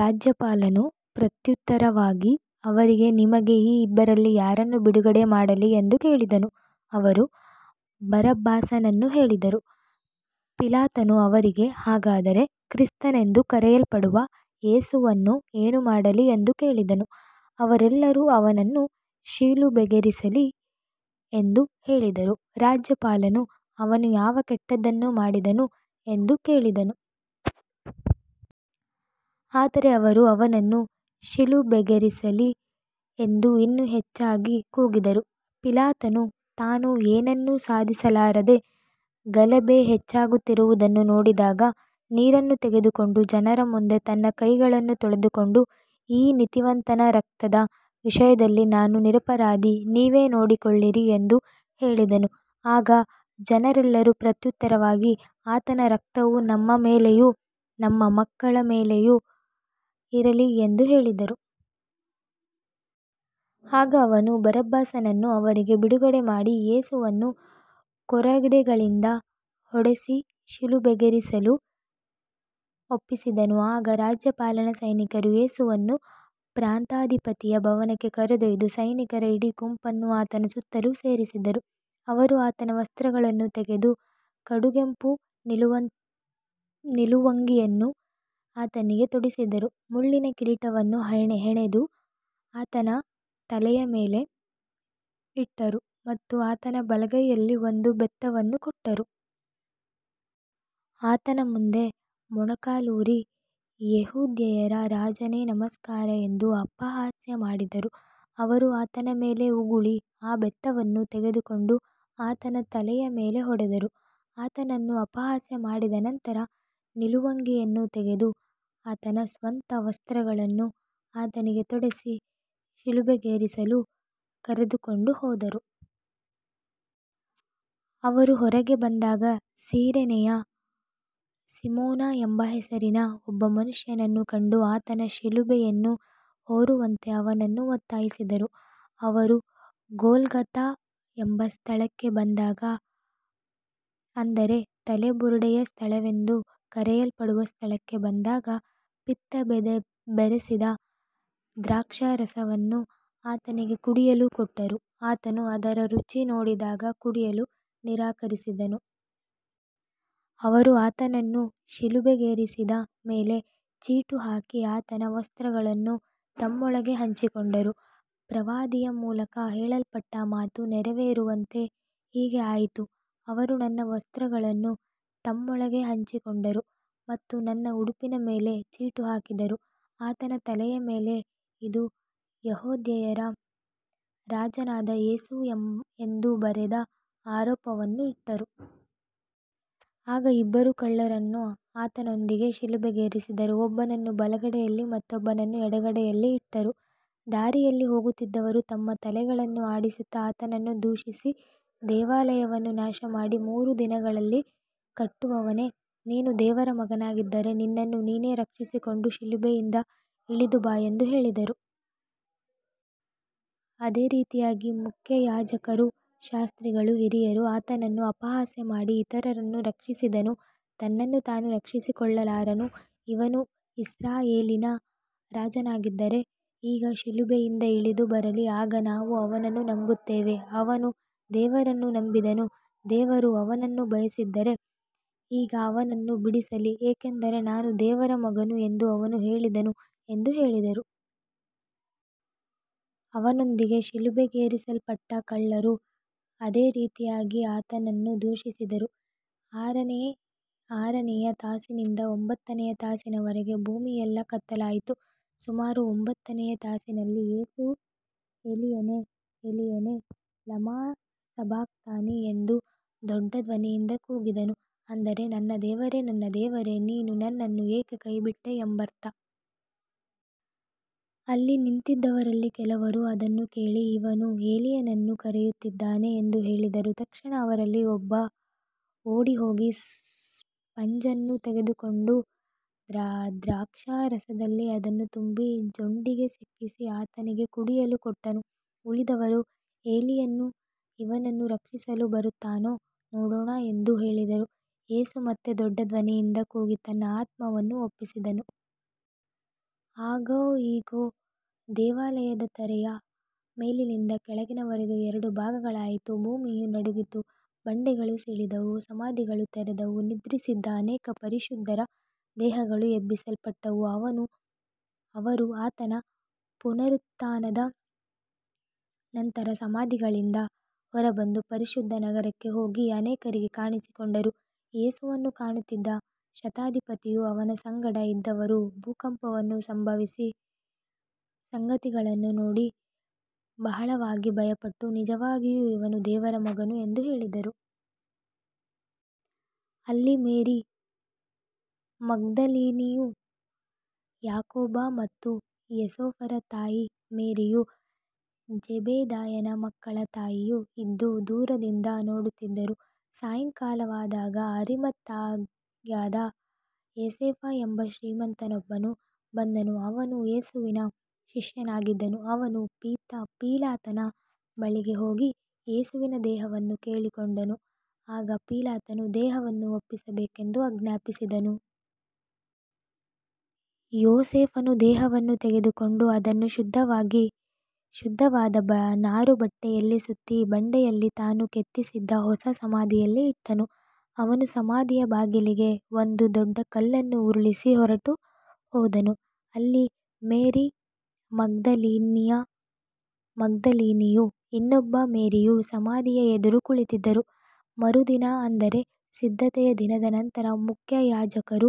ರಾಜ್ಯಪಾಲನು ಪ್ರತ್ಯುತ್ತರವಾಗಿ ಅವರಿಗೆ, ನಿಮಗೆ ಈ ಇಬ್ಬರಲ್ಲಿ ಯಾರನ್ನು ಬಿಡುಗಡೆ ಮಾಡಲಿ ಎಂದು ಕೇಳಿದನು. ಅವರು ಬರಬ್ಬಾಸನನ್ನು ಹೇಳಿದರು. ಪಿಲಾತನು ಅವರಿಗೆ, ಹಾಗಾದರೆ ಕ್ರಿಸ್ತನೆಂದು ಕರೆಯಲ್ಪಡುವ ಯೇಸುವನ್ನು ಏನು ಮಾಡಲಿ ಎಂದು ಕೇಳಿದನು. ಅವರೆಲ್ಲರೂ, ಅವನನ್ನು ಶಿಲುಬೆಗೇರಿಸಲಿ ಎಂದು ಹೇಳಿದರು. ರಾಜ್ಯಪಾಲನು, ಅವನು ಯಾವ ಕೆಟ್ಟದ್ದನ್ನು ಮಾಡಿದನು ಎಂದು ಕೇಳಿದನು. ಆದರೆ ಅವರು, ಅವನನ್ನು ಶಿಲುಬೆಗೇರಿಸಲಿ ಎಂದು ಇನ್ನೂ ಹೆಚ್ಚಾಗಿ ಕೂಗಿದರು. ಪಿಲಾತನು ತಾನು ಏನನ್ನೂ ಸಾಧಿಸಲಾರದೆ ಗಲಭೆ ಹೆಚ್ಚಾಗುತ್ತಿರುವುದನ್ನು ನೋಡಿದಾಗ ನೀರನ್ನು ತೆಗೆದುಕೊಂಡು ಜನರ ಮುಂದೆ ತನ್ನ ಕೈಗಳನ್ನು ತೊಳೆದುಕೊಂಡು, ಈ ನೀತಿವಂತನ ರಕ್ತದ ವಿಷಯದಲ್ಲಿ ನಾನು ನಿರಪರಾಧಿ, ನೀವೇ ನೋಡಿಕೊಳ್ಳಿರಿ ಎಂದು ಹೇಳಿದನು. ಆಗ ಜನರೆಲ್ಲರೂ ಪ್ರತ್ಯುತ್ತರವಾಗಿ, ಆತನ ರಕ್ತವು ನಮ್ಮ ಮೇಲೆಯೂ ನಮ್ಮ ಮಕ್ಕಳ ಮೇಲೆಯೂ ಇರಲಿ ಎಂದು ಹೇಳಿದರು. ಆಗ ಅವನು ಬರಬ್ಬಾಸನನ್ನು ಅವರಿಗೆ ಬಿಡುಗಡೆಮಾಡಿ ಯೇಸುವನ್ನು ಕೊರಡೆಗಳಿಂದ ಹೊಡೆಸಿ ಶಿಲುಬೆಗೇರಿಸಲು ಒಪ್ಪಿಸಿದನು. ಆಗ ರಾಜ್ಯಪಾಲನ ಸೈನಿಕರು ಯೇಸುವನ್ನು ಪ್ರಾಂತಾಧಿಪತಿಯ ಭವನಕ್ಕೆ ಕರೆದೊಯ್ದು ಸೈನಿಕರ ಇಡೀ ಗುಂಪನ್ನು ಆತನ ಸುತ್ತಲೂ ಸೇರಿಸಿದರು. ಅವರು ಆತನ ವಸ್ತ್ರಗಳನ್ನು ತೆಗೆದು ಕಡುಗೆಂಪು ನಿಲುವಂಗಿಯನ್ನು ಆತನಿಗೆ ತೊಡಿಸಿದರು. ಮುಳ್ಳಿನ ಕಿರೀಟವನ್ನು ಹೆಣೆದು ಆತನ ತಲೆಯ ಮೇಲೆ ಇಟ್ಟರು ಮತ್ತು ಆತನ ಬಲಗೈಯಲ್ಲಿ ಒಂದು ಬೆತ್ತವನ್ನು ಕೊಟ್ಟರು. ಆತನ ಮುಂದೆ ಮೊಣಕಾಲೂರಿ, ಯೆಹೂದ್ಯರ ರಾಜನೇ, ನಮಸ್ಕಾರ ಎಂದು ಅಪಹಾಸ್ಯ ಮಾಡಿದರು. ಅವರು ಆತನ ಮೇಲೆ ಉಗುಳಿ ಆ ಬೆತ್ತವನ್ನು ತೆಗೆದುಕೊಂಡು ಆತನ ತಲೆಯ ಮೇಲೆ ಹೊಡೆದರು. ಆತನನ್ನು ಅಪಹಾಸ್ಯ ಮಾಡಿದ ನಂತರ ನಿಲುವಂಗಿಯನ್ನು ತೆಗೆದು ಆತನ ಸ್ವಂತ ವಸ್ತ್ರಗಳನ್ನು ಆತನಿಗೆ ತೊಡಿಸಿ, ಶಿಲುಬೆಗೇರಿಸಲು ಕರೆದುಕೊಂಡು ಹೋದರು. ಅವರು ಹೊರಗೆ ಬಂದಾಗ ಸಿರೇನೆಯ ಸೀಮೋನ ಎಂಬ ಹೆಸರಿನ ಒಬ್ಬ ಮನುಷ್ಯನನ್ನು ಕಂಡು, ಆತನ ಶಿಲುಬೆಯನ್ನು ಹೊರುವಂತೆ ಅವನನ್ನು ಒತ್ತಾಯಿಸಿದರು. ಅವರು ಗೊಲ್ಗೊಥಾ ಎಂಬ ಸ್ಥಳಕ್ಕೆ ಬಂದಾಗ, ಅಂದರೆ ತಲೆಬುರುಡೆಯ ಸ್ಥಳವೆಂದು ಕರೆಯಲ್ಪಡುವ ಸ್ಥಳಕ್ಕೆ ಬಂದಾಗ, ಪಿತ್ತ ಬೆರೆಸಿದ ದ್ರಾಕ್ಷಾರಸವನ್ನು ಆತನಿಗೆ ಕುಡಿಯಲು ಕೊಟ್ಟರು. ಆತನು ಅದರ ರುಚಿ ನೋಡಿದಾಗ ಕುಡಿಯಲು ನಿರಾಕರಿಸಿದನು. ಅವರು ಆತನನ್ನು ಶಿಲುಬೆಗೇರಿಸಿದ ಮೇಲೆ ಚೀಟು ಹಾಕಿ ಆತನ ವಸ್ತ್ರಗಳನ್ನು ತಮ್ಮೊಳಗೆ ಹಂಚಿಕೊಂಡರು. ಪ್ರವಾದಿಯ ಮೂಲಕ ಹೇಳಲ್ಪಟ್ಟ ಮಾತು ನೆರವೇರುವಂತೆ ಹೀಗೆ ಆಯಿತು, ಅವರು ನನ್ನ ವಸ್ತ್ರಗಳನ್ನು ತಮ್ಮೊಳಗೆ ಹಂಚಿಕೊಂಡರು ಮತ್ತು ನನ್ನ ಉಡುಪಿನ ಮೇಲೆ ಚೀಟು ಹಾಕಿದರು. ಆತನ ತಲೆಯ ಮೇಲೆ, ಇದು ಯೆಹೂದ್ಯರ ರಾಜನಾದ ಯೇಸು ಎಂದು ಬರೆದ ಆರೋಪವನ್ನು ಇಟ್ಟರು. ಆಗ ಇಬ್ಬರು ಕಳ್ಳರನ್ನು ಆತನೊಂದಿಗೆ ಶಿಲುಬೆಗೇರಿಸಿದರು, ಒಬ್ಬನನ್ನು ಬಲಗಡೆಯಲ್ಲಿ ಮತ್ತೊಬ್ಬನನ್ನು ಎಡಗಡೆಯಲ್ಲಿ ಇಟ್ಟರು. ದಾರಿಯಲ್ಲಿ ಹೋಗುತ್ತಿದ್ದವರು ತಮ್ಮ ತಲೆಗಳನ್ನು ಆಡಿಸುತ್ತಾ ಆತನನ್ನು ದೂಷಿಸಿ, ದೇವಾಲಯವನ್ನು ನಾಶಮಾಡಿ ಮೂರು ದಿನಗಳಲ್ಲಿ ಕಟ್ಟುವವನೇ, ನೀನು ದೇವರ ಮಗನಾಗಿದ್ದರೆ ನಿನ್ನನ್ನು ನೀನೇ ರಕ್ಷಿಸಿಕೊಂಡು ಶಿಲುಬೆಯಿಂದ ಇಳಿದು ಬಾ ಎಂದು ಹೇಳಿದರು. ಅದೇ ರೀತಿಯಾಗಿ ಮುಖ್ಯಯಾಜಕರೂ ಶಾಸ್ತ್ರಿಗಳೂ ಹಿರಿಯರೂ ಆತನನ್ನು ಅಪಹಾಸ್ಯ ಮಾಡಿ, ಇತರರನ್ನು ರಕ್ಷಿಸಿದನು, ತನ್ನನ್ನು ತಾನು ರಕ್ಷಿಸಿಕೊಳ್ಳಲಾರನು. ಇವನು ಇಸ್ರಾಯೇಲಿನ ರಾಜನಾಗಿದ್ದರೆ ಈಗ ಶಿಲುಬೆಯಿಂದ ಇಳಿದು ಬರಲಿ, ಆಗ ನಾವು ಅವನನ್ನು ನಂಬುತ್ತೇವೆ. ಅವನು ದೇವರನ್ನು ನಂಬಿದ್ದನು, ದೇವರು ಅವನನ್ನು ಬಯಸಿದ್ದರೆ ಈಗ ಅವನನ್ನು ಬಿಡಿಸಲಿ, ಏಕೆಂದರೆ ನಾನು ದೇವರ ಮಗನು ಎಂದು ಅವನು ಹೇಳಿದನು ಎಂದು ಹೇಳಿದರು. ಅವನೊಂದಿಗೆ ಶಿಲುಬೆಗೇರಿಸಲ್ಪಟ್ಟ ಕಳ್ಳರೂ ಅದೇ ರೀತಿಯಾಗಿ ಆತನನ್ನು ದೂಷಿಸಿದರು. ಆರನೆಯ ತಾಸಿನಿಂದ ಒಂಬತ್ತನೆಯ ತಾಸಿನವರೆಗೆ ಭೂಮಿಯೆಲ್ಲಾ ಕತ್ತಲಾಯಿತು. ಸುಮಾರು ಒಂಬತ್ತನೆಯ ತಾಸಿನಲ್ಲಿ ಯೇಸು, ಏಲೀಯನೇ, ಏಲೀಯನೇ, ಲಮಾ ಸಬಕ್ತಾನಿ ಎಂದು ದೊಡ್ಡ ಧ್ವನಿಯಿಂದ ಕೂಗಿದನು, ಅಂದರೆ ನನ್ನ ದೇವರೇ, ನನ್ನ ದೇವರೇ, ನೀನು ನನ್ನನ್ನು ಏಕೆ ಕೈಬಿಟ್ಟೆ ಎಂಬರ್ಥ. ಅಲ್ಲಿ ನಿಂತಿದ್ದವರಲ್ಲಿ ಕೆಲವರು ಅದನ್ನು ಕೇಳಿ, ಇವನು ಏಲೀಯನನ್ನು ಕರೆಯುತ್ತಿದ್ದಾನೆ ಎಂದು ಹೇಳಿದರು. ತಕ್ಷಣ ಅವರಲ್ಲಿ ಒಬ್ಬನು ಓಡಿಹೋಗಿ ಸ್ಪಂಜನ್ನು ತೆಗೆದುಕೊಂಡು ದ್ರಾಕ್ಷಾರಸದಲ್ಲಿ ಅದನ್ನು ತುಂಬಿ ಜೊಂಡಿಗೆ ಸಿಕ್ಕಿಸಿ ಆತನಿಗೆ ಕುಡಿಯಲು ಕೊಟ್ಟನು. ಉಳಿದವರು, ಏಲೀಯನು ಇವನನ್ನು ರಕ್ಷಿಸಲು ಬರುತ್ತಾನೋ ನೋಡೋಣ ಎಂದು ಹೇಳಿದರು. ಯೇಸು ಮತ್ತೆ ದೊಡ್ಡ ಧ್ವನಿಯಿಂದ ಕೂಗಿ ತನ್ನ ಆತ್ಮವನ್ನು ಒಪ್ಪಿಸಿದನು. ಆಗ ಇಗೋ, ದೇವಾಲಯದ ತೆರೆಯು ಮೇಲಿನಿಂದ ಕೆಳಗಿನವರೆಗೆ ಎರಡು ಭಾಗಗಳಾಯಿತು, ಭೂಮಿಯು ನಡುಗಿತು, ಬಂಡೆಗಳು ಸೀಳಿದವು, ಸಮಾಧಿಗಳು ತೆರೆದವು. ನಿದ್ರಿಸಿದ್ದ ಅನೇಕ ಪರಿಶುದ್ಧರ ದೇಹಗಳು ಎಬ್ಬಿಸಲ್ಪಟ್ಟವು. ಅವರು ಆತನ ಪುನರುತ್ಥಾನದ ನಂತರ ಸಮಾಧಿಗಳಿಂದ ಹೊರಬಂದು ಪರಿಶುದ್ಧ ನಗರಕ್ಕೆ ಹೋಗಿ ಅನೇಕರಿಗೆ ಕಾಣಿಸಿಕೊಂಡರು. ಯೇಸುವನ್ನು ಕಾಯುತ್ತಿದ್ದ ಶತಾಧಿಪತಿಯೂ ಅವನ ಸಂಗಡ ಇದ್ದವರೂ ಭೂಕಂಪವನ್ನೂ ಸಂಭವಿಸಿದ ಸಂಗತಿಗಳನ್ನೂ ನೋಡಿ ಬಹಳವಾಗಿ ಭಯಪಟ್ಟು, ನಿಜವಾಗಿಯೂ ಇವನು ದೇವರ ಮಗನು ಎಂದು ಹೇಳಿದರು. ಅಲ್ಲಿ ಮೇರಿ ಮಗ್ದಲಿನಿಯೂ, ಯಾಕೋಬ ಮತ್ತು ಯೋಸೇಫರ ತಾಯಿ ಮೇರಿಯೂ, ಜೆಬೆದಾಯನ ಮಕ್ಕಳ ತಾಯಿಯೂ ಇದ್ದು ದೂರದಿಂದ ನೋಡುತ್ತಿದ್ದರು. ಸಾಯಂಕಾಲವಾದಾಗ ಅರಿಮಥಾಯದ ಯೋಸೇಫ ಎಂಬ ಶ್ರೀಮಂತನೊಬ್ಬನು ಬಂದನು, ಅವನೂ ಯೇಸುವಿನ ಶಿಷ್ಯನಾಗಿದ್ದನು. ಅವನು ಪಿಲಾತನ ಬಳಿಗೆ ಹೋಗಿ ಯೇಸುವಿನ ದೇಹವನ್ನು ಕೇಳಿಕೊಂಡನು. ಆಗ ಪಿಲಾತನು ದೇಹವನ್ನು ಒಪ್ಪಿಸಬೇಕೆಂದು ಆಜ್ಞಾಪಿಸಿದನು. ಯೋಸೇಫನು ದೇಹವನ್ನು ತೆಗೆದುಕೊಂಡು ಅದನ್ನು ಶುದ್ಧವಾದ ನಾರುಬಟ್ಟೆಯಲ್ಲಿ ಸುತ್ತಿ, ಬಂಡೆಯಲ್ಲಿ ತಾನು ಕೆತ್ತಿಸಿದ್ದ ಹೊಸ ಸಮಾಧಿಯಲ್ಲಿ ಇಟ್ಟನು. ಅವನು ಸಮಾಧಿಯ ಬಾಗಿಲಿಗೆ ಒಂದು ದೊಡ್ಡ ಕಲ್ಲನ್ನು ಉರುಳಿಸಿ ಹೊರಟುಹೋದನು. ಅಲ್ಲಿ ಮೇರಿ ಮಗ್ದಲಿನಿಯೂ ಇನ್ನೊಬ್ಬ ಮೇರಿಯೂ ಸಮಾಧಿಯ ಎದುರು ಕುಳಿತಿದ್ದರು. ಮರುದಿನ, ಅಂದರೆ ಸಿದ್ಧತೆಯ ದಿನದ ನಂತರ, ಮುಖ್ಯಯಾಜಕರೂ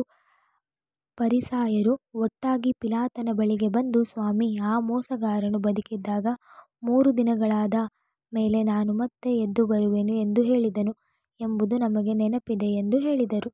ಫರಿಸಾಯರೂ ಒಟ್ಟಾಗಿ ಪಿಲಾತನ ಬಳಿಗೆ ಬಂದು, ಸ್ವಾಮಿ, ಆ ಮೋಸಗಾರನು ಬದುಕಿದ್ದಾಗ, ಮೂರು ದಿನಗಳಾದ ಮೇಲೆ ನಾನು ಮತ್ತೆ ಎದ್ದುಬರುವೆನು ಎಂದು ಹೇಳಿದ್ದನು ಎಂಬುದು ನಮಗೆ ನೆನಪಿದೆ ಎಂದು ಹೇಳಿದರು.